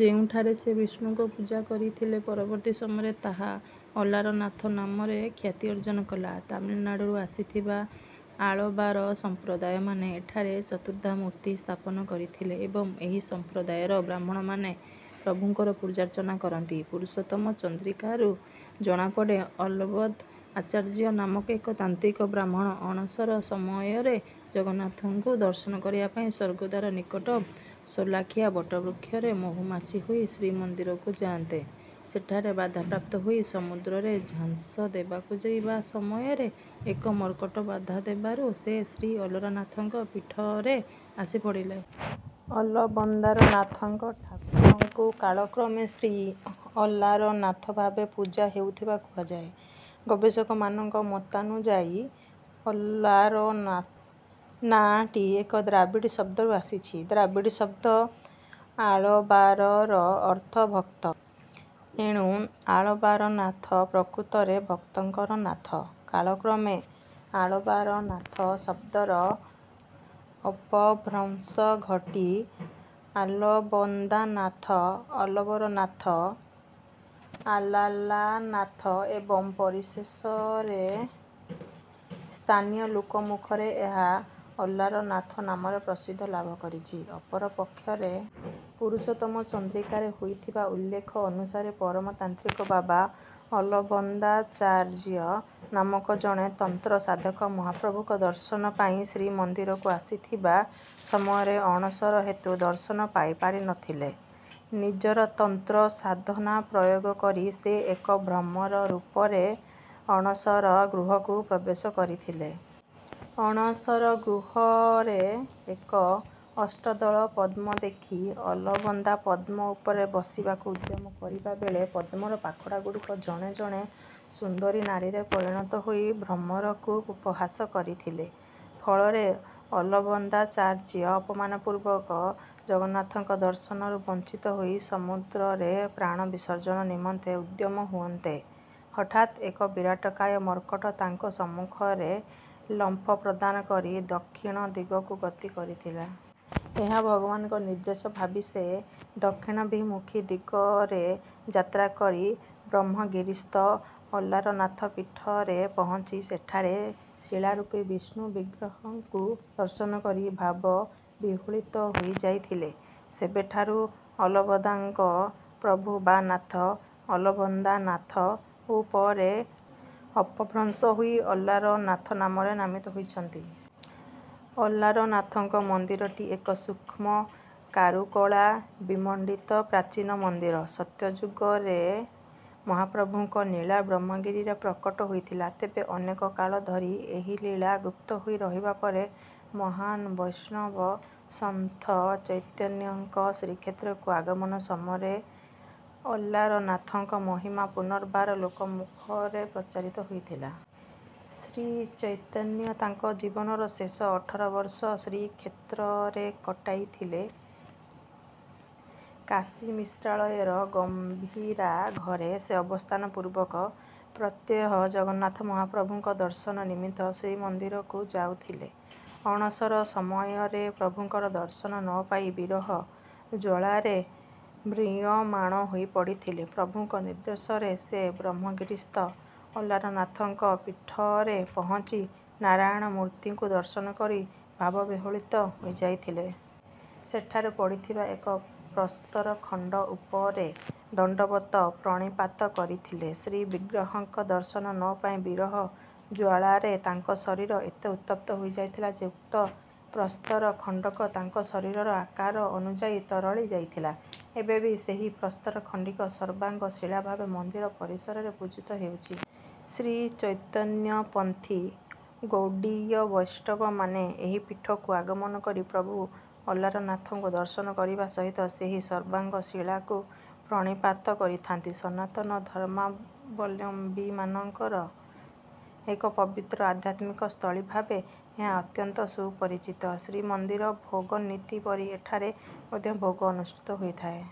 ଯେଉଁଠାରେ ସେ ବିଷ୍ଣୁଙ୍କ ପୂଜା କରିଥିଲେ, ପରବର୍ତ୍ତୀ ସମୟରେ ତାହା ଅଲାରନାଥ ନାମରେ ଖ୍ୟାତି ଅର୍ଜନ କଲା। ତାମିଲନାଡୁରୁ ଆସିଥିବା ଆଳବାର ସମ୍ପ୍ରଦାୟମାନେ ଏଠାରେ ଚତୁର୍ଦ୍ଧାମୂର୍ତ୍ତି ସ୍ଥାପନ କରିଥିଲେ ଏବଂ ଏହି ସମ୍ପ୍ରଦାୟର ବ୍ରାହ୍ମଣମାନେ ପ୍ରଭୁଙ୍କର ପୂଜାର୍ଚ୍ଚନା କରନ୍ତି। 'ପୁରୁଷୋତ୍ତମ ଚନ୍ଦ୍ରିକା'ରୁ ଜଣାପଡ଼େ, ଅଲବନ୍ଦ ଆଚାର୍ଯ୍ୟ ନାମକ ଏକ ତାନ୍ତ୍ରିକ ବ୍ରାହ୍ମଣ ଅଣସର ସମୟରେ ଜଗନ୍ନାଥଙ୍କୁ ଦର୍ଶନ କରିବା ପାଇଁ ସ୍ୱର୍ଗଦ୍ୱାର ନିକଟ ସୋଲାଖିଆ ବଟବୃକ୍ଷରେ ମୋହୂମାଛି ହୋଇ ଶ୍ରୀମନ୍ଦିରକୁ ଯାଆନ୍ତେ, ସେଠାରେ ବାଧାପ୍ରାପ୍ତ ହୋଇ ସମୁଦ୍ରରେ ଝାସ ଦେବାକୁ ଯିବା ସମୟରେ ଏକ ମର୍କଟ ବାଧା ଦେବାରୁ ସେ ଶ୍ରୀ ଅଲାରନାଥଙ୍କ ପୀଠରେ ଆସି ପଡ଼ିଲେ। ଅଲବନ୍ଦାରନାଥଙ୍କ ଠାକୁରଙ୍କୁ କାଳକ୍ରମେ ଶ୍ରୀ ଅଲାରନାଥ ଭାବେ ପୂଜା ହେଉଥିବା କୁହାଯାଏ। ଗବେଷକମାନଙ୍କ ମତାନୁଯାୟୀ, 'ଅଲାରନା' ନାଁଟି ଏକ ଦ୍ରାବିଡ଼ ଶବ୍ଦରୁ ଆସିଛି। ଦ୍ରାବିଡ଼ ଶବ୍ଦ 'ଆଳବାର'ର ଅର୍ଥ ଭକ୍ତ। ଏଣୁ ଆଳବାରନାଥ ପ୍ରକୃତରେ ଭକ୍ତଙ୍କର ନାଥ। କାଳକ୍ରମେ ଆଳବାରନାଥ ଶବ୍ଦର ଅପଭ୍ରଂଶ ଘଟି ଆଲବନ୍ଦାନାଥ, ଅଲବରନାଥ, ଆଲାଲାନାଥ ଏବଂ ପରିଶେଷରେ ସ୍ଥାନୀୟ ଲୋକମୁଖରେ ଏହା 'ଅଲାରନାଥ' ନାମରେ ପ୍ରସିଦ୍ଧି ଲାଭ କରିଚି। ଅପରପକ୍ଷରେ, 'ପୁରୁଷୋତ୍ତମ ଚନ୍ଦ୍ରିକା'ରେ ହୋଇଥିବା ଉଲ୍ଲେଖ ଅନୁସାରେ ପରମ ତାନ୍ତ୍ରିକ ବାବା ଅଲବନ୍ଦାଚାର୍ଯ୍ୟ ନାମକ ଜଣେ ତନ୍ତ୍ର ସାଧକ ମହାପ୍ରଭୁଙ୍କ ଦର୍ଶନ ପାଇଁ ଶ୍ରୀମନ୍ଦିରକୁ ଆସିଥିବା ସମୟରେ ଅଣସର ହେତୁ ଦର୍ଶନ ପାଇପାରି ନ ଥିଲେ। ନିଜର ତନ୍ତ୍ର ସାଧନା ପ୍ରୟୋଗ କରି ସେ ଏକ ଭ୍ରମର ରୂପରେ ଅଣସର ଗୃହକୁ ପ୍ରବେଶ କରିଥିଲେ। ଅଣସର ଗୃହରେ ଏକ ଅଷ୍ଟଦଳ ପଦ୍ମ ଦେଖି ଅଲବନ୍ଦା ପଦ୍ମ ଉପରେ ବସିବାକୁ ଉଦ୍ୟମ କରିବା ବେଳେ, ପଦ୍ମର ପାଖୁଡ଼ାଗୁଡ଼ିକ ଜଣେ ଜଣେ ସୁନ୍ଦରୀ ନାରୀରେ ପରିଣତ ହୋଇ ଭ୍ରମରକୁ ଉପହାସ କରିଥିଲେ। ଫଳରେ ଅଲବନ୍ଦାଚାର୍ଯ୍ୟ ଅପମାନପୂର୍ବକ ଜଗନ୍ନାଥଙ୍କ ଦର୍ଶନରୁ ବଞ୍ଚିତ ହୋଇ ସମୁଦ୍ରରେ ପ୍ରାଣ ବିସର୍ଜନ ନିମନ୍ତେ ଉଦ୍ୟମ ହୁଅନ୍ତେ, ହଠାତ୍ ଏକ ବିରାଟକାୟ ମର୍କଟ ତାଙ୍କ ସମ୍ମୁଖରେ ଲମ୍ଫ ପ୍ରଦାନ କରି ଦକ୍ଷିଣ ଦିଗକୁ ଗତି କରିଥିଲା। ଏହା ଭଗବାନଙ୍କ ନିର୍ଦ୍ଦେଶ ଭାବି ସେ ଦକ୍ଷିଣାଭିମୁଖୀ ଦିଗରେ ଯାତ୍ରା କରି ବ୍ରହ୍ମଗିରିସ୍ଥ ଅଲାରନାଥ ପୀଠରେ ପହଞ୍ଚି ସେଠାରେ ଶିଳାରୂପୀ ବିଷ୍ଣୁ ବିଗ୍ରହଙ୍କୁ ଦର୍ଶନ କରି ଭାବବିହ୍ୱଳିତ ହୋଇଯାଇଥିଲେ। ସେବେଠାରୁ ଅଲବନ୍ଦାଙ୍କ ପ୍ରଭୁ ବା ନାଥ 'ଅଲବନ୍ଦାନାଥ' ଓ ପରେ ଅପଭ୍ରଂଶ ହୋଇ 'ଅଲାରନାଥ' ନାମରେ ନାମିତ ହୋଇଛନ୍ତି। ଅଲାରନାଥଙ୍କ ମନ୍ଦିରଟି ଏକ ସୂକ୍ଷ୍ମ କାରୁକଳା ବିମଣ୍ଡିତ ପ୍ରାଚୀନ ମନ୍ଦିର। ସତ୍ୟଯୁଗରେ ମହାପ୍ରଭୁଙ୍କ ନୀଳା ବ୍ରହ୍ମଗିରିରେ ପ୍ରକଟ ହୋଇଥିଲା। ତେବେ ଅନେକ କାଳ ଧରି ଏହି ଲୀଳା ଗୁପ୍ତ ହୋଇ ରହିବା ପରେ, ମହାନ ବୈଷ୍ଣବ ସନ୍ଥ ଚୈତନ୍ୟଙ୍କ ଶ୍ରୀକ୍ଷେତ୍ରକୁ ଆଗମନ ସମୟରେ ଅଲାରନାଥଙ୍କ ମହିମା ପୁନର୍ବାର ଲୋକମୁଖରେ ପ୍ରଚାରିତ ହୋଇଥିଲା। ଶ୍ରୀଚୈତନ୍ୟ ତାଙ୍କ ଜୀବନର ଶେଷ ଅଠର ବର୍ଷ ଶ୍ରୀକ୍ଷେତ୍ରରେ କଟାଇଥିଲେ। କାଶୀମିଶ୍ରାଳୟର ଗମ୍ଭୀରା ଘରେ ସେ ଅବସ୍ଥାନ ପୂର୍ବକ ପ୍ରତ୍ୟହ ଜଗନ୍ନାଥ ମହାପ୍ରଭୁଙ୍କ ଦର୍ଶନ ନିମିତ୍ତ ଶ୍ରୀମନ୍ଦିରକୁ ଯାଉଥିଲେ। ଅଣସର ସମୟରେ ପ୍ରଭୁଙ୍କର ଦର୍ଶନ ନ ପାଇ ବିରହ ଜ୍ୱଳାରେ ମ୍ରିୟମାଣ ହୋଇପଡ଼ିଥିଲେ। ପ୍ରଭୁଙ୍କ ନିର୍ଦ୍ଦେଶରେ ସେ ବ୍ରହ୍ମଗିରିସ୍ଥ ଅଲାରନାଥଙ୍କ ପୀଠରେ ପହଞ୍ଚି ନାରାୟଣ ମୂର୍ତ୍ତିଙ୍କୁ ଦର୍ଶନ କରି ଭାବବିହ୍ୱଳିତ ହୋଇଯାଇଥିଲେ। ସେଠାରେ ପଡ଼ିଥିବା ଏକ ପ୍ରସ୍ତର ଖଣ୍ଡ ଉପରେ ଦଣ୍ଡବତ ପ୍ରଣିପାତ କରିଥିଲେ। ଶ୍ରୀବିଗ୍ରହଙ୍କ ଦର୍ଶନ ନ ପାଇ ବିରହ ଜ୍ୱାଳାରେ ତାଙ୍କ ଶରୀର ଏତେ ଉତ୍ତପ୍ତ ହୋଇଯାଇଥିଲା ଯେ, ଉକ୍ତ ପ୍ରସ୍ତର ଖଣ୍ଡକ ତାଙ୍କ ଶରୀରର ଆକାର ଅନୁଯାୟୀ ତରଳି ଯାଇଥିଲା। ଏବେ ବି ସେହି ପ୍ରସ୍ତର ଖଣ୍ଡିକ ସର୍ବାଙ୍ଗ ଶିଳା ଭାବେ ମନ୍ଦିର ପରିସରରେ ପୂଜିତ ହେଉଛି। ଶ୍ରୀଚୈତନ୍ୟପନ୍ଥୀ ଗୌଡ଼ୀୟ ବୈଷ୍ଣବମାନେ ଏହି ପୀଠକୁ ଆଗମନ କରି ପ୍ରଭୁ ଅଲାରନାଥଙ୍କୁ ଦର୍ଶନ କରିବା ସହିତ ସେହି ସର୍ବାଙ୍ଗ ଶିଳାକୁ ପ୍ରଣିପାତ କରିଥାନ୍ତି। ସନାତନ ଧର୍ମାବଲମ୍ବୀମାନଙ୍କର ଏକ ପବିତ୍ର ଆଧ୍ୟାତ୍ମିକ ସ୍ଥଳୀ ଭାବେ ଏହା ଅତ୍ୟନ୍ତ ସୁପରିଚିତ। ଶ୍ରୀମନ୍ଦିର ଭୋଗନୀତି ପରି ଏଠାରେ ମଧ୍ୟ ଭୋଗ ଅନୁଷ୍ଠିତ ହୋଇଥାଏ।